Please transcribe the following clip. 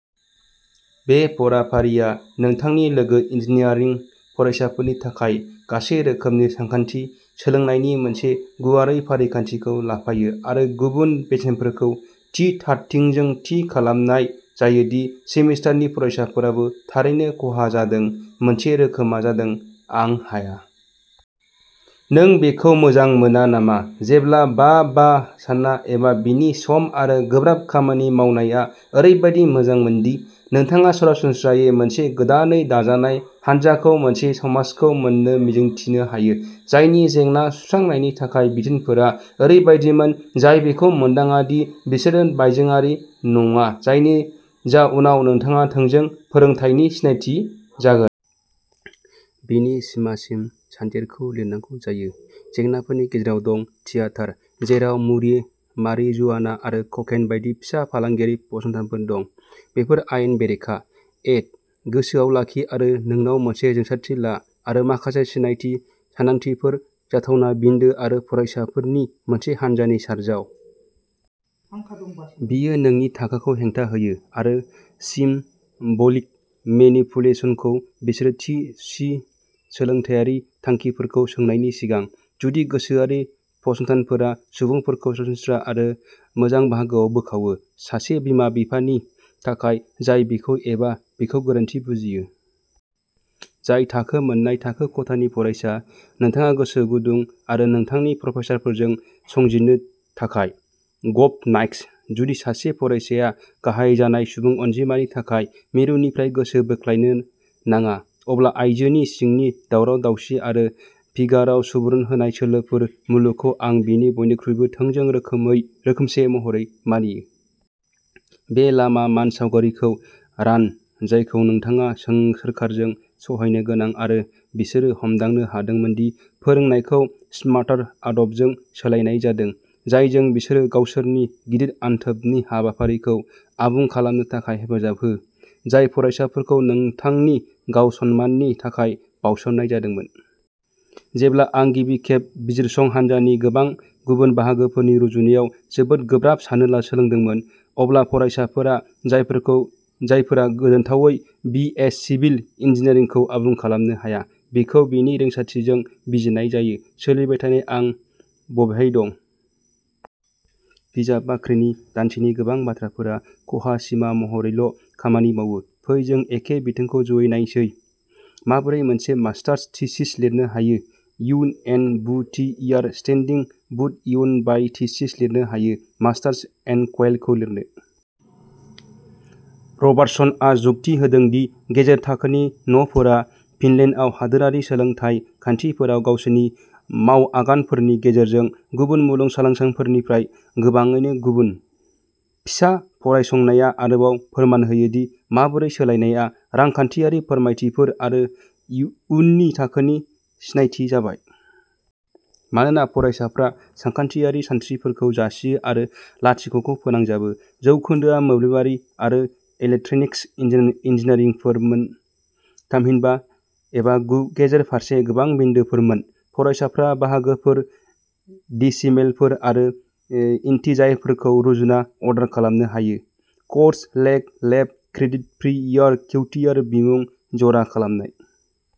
बे फरायफारिआ नोंथांनि लोगो इन्जिनियारिं फरायसाफोरनि थाखाय गासै रोखोमनि सानखान्थि सोलोंनायनि मोनसे गुवारै फारिखान्थिखौ लाफायो आरो गुबुन बेसेनफोरखौ बे थारथिजों थि खालामनाय जायो दि सेमिस्टारनि फरायसाफोराबो थारैनो खहा जादों। मोनसे रोखोमआ जादों आं हाया। नों बेखौ मोजां मोना नामा जेब्ला बा बा सानना एबा बिनि सम आरो गोब्राब खामानि मावनाया ओरैबायदि मोजांमोन दि नोंथाङा सरासनस्रायै मोनसे गोदानै दाजानाय हानजाखौ मोनसे समाजखौ मोननो मिजिंथिनो हायो जायनि जेंना सुस्रांनायनि थाखाय बिथोनफोरा ओरैबायदिमोन जाय बेखौ मोनदाङा दि बिसोर बायजोआरि नङा जायनि उनाव नोंथाङा थोंजों फोरोंथायनि सिनायथि जागोन। बेनि सिमासिम सानजेरखौ लिरनांगौ जायो। जेंनाफोरनि गेजेराव दं थियेटार। जेराव मारिजुआना आरो ककेन बायदि फिसा फालांगियारि फसंथानफोर दं। बेफोर आयेन बेरेखा। एड। गोसोआव लाखि आरो नोंनाव मोनसे जोंसारथि ला। आरो माखासे सिनायथि सानदांथिफोर जाथावना बिन्दो आरो फरायसाफोरनि मोनसे हान्जानि चारजाव। बेयो नोंनि थाखोखौ हेंथा होयो। आरो सिम ब'लिक मेनिपुलेसनखौ बिसोर थि सि सोलोंथायारि थांखिफोरखौ सोंनायनि सिगां। जुदि गोसोआरि फसंथानफोरा सुबुंफोरखौ सरासनस्रा आरो मोजां बाहागोआव बोखावो। सासे बिमा-बिफानि थाखाय जाय बिखौ एबा बिखौ गोरोन्थि बुजियो। जाय थाखो मोननाय थाखो खथानि फरायसा। नोंथाङा गोसो गुदुं आरो नोंथांनि प्रफेसारफोरजों संजिरनो थाखाय। गभ नाइक्स। जुदि सासे फरायसाया गाहाय जानाय सुबुं अनजिमानि थाखाय मिरुनिफ्राय गोसो बोख्लायनो नाङा। अब्ला आइजोनि सिंनि दावराव-दावसि आरो फिगाराव सुबुरुन होनाय सोलोफोर मुलुगखौ आं बिनि बयनिख्रुइबो थोंजों रोखोमसे महरै मानियो। बे लामा मानसावगारिखौ रान जायखौ नोंथाङा सोरखारजों सहायनो गोनां आरो बिसोरो हमदांनो हादोंमोन दि फोरोंनायखौ स्मार्टार आदबजों सोलायनाय जादों। जायजों बिसोर गावसोरनि गिदिर अनथोबनि हाबाफारिखौ आबुं खालामनो थाखाय हेफाजाब हो। जाय फरायसाफोरखौ नोंथांनि गाव-सनमाननि थाखाय बाउसोमनाय जादोंमोन। जेब्ला आं गिबिखेब बिजिरसं हान्जानि गोबां गुबुन बाहागोफोरनि रुजुनायाव जोबोद गोब्राब साननो सोलोंदोंमोन। अब्ला फरायसाफोरा जायफोरा गोजोनथावै बि. एस. सिभिल इन्जिनियारिंखौ आबुं खालामनो हाया। बेखौ बेनि रिंसारथिजों बिजिरनाय जायो। सोलिबाय थानाय आं बबेहाय दं। बिजाब बाख्रिनि दानसेनि गोबां बाथ्राफोरा खहा सिमा महरैल' खामानि मावो। फै जों एखे बिथोनखौ ज'यै नायसै। माबोरै मोनसे मास्टार्स थिसिस लिरनो हायो यव'न एन बुइ थि इयार स्टेनडिं बुइ यव'न बाइ थिसिस लिरनो हायो मास्टार्स एन क'इलखौ लिरनो। रबार्टसनआ जुक्ति होदों दि गेजेर थाखोनि न'फोरा फिनलेन्डआव हादोरारि सोलोंथाय खान्थिफोराव गावसोरनि माव आगानफोरनि गेजेरजों गुबुन मुलुगसोलोंसालिफोरनिफ्राय गोबाङैनो गुबुन। पिसा फरायसंनाया आरोबाव फोरमान होयो दि माबोरै सोलायनायआ रांखान्थियारि फोरमायथिफोर आरो उननि थाखोनि सिनायथि जाबाय। मानोना फरायसाफ्रा सानखान्थियारि सानस्रिफोरखौ जासियो आरो लाथिख'खौ फोनांजाबो। जौखोन्दोआ मोब्लिबारि आरो इलेक्ट्रनिक्स इन्जिनियारफोरमोन थामहिनबा एबा गेजेर फारसे गोबां बिन्दोफोरमोन फरायसाफ्रा बाहागोफोर डेसिमेलफोर आरो इन्टिजारफोरखौ रुजुना अर्डार खालामनो हायो। क'र्स लेक लेब क्रेडिट प्रि इयार किउटिआर बिमुं जरा खालामनाय।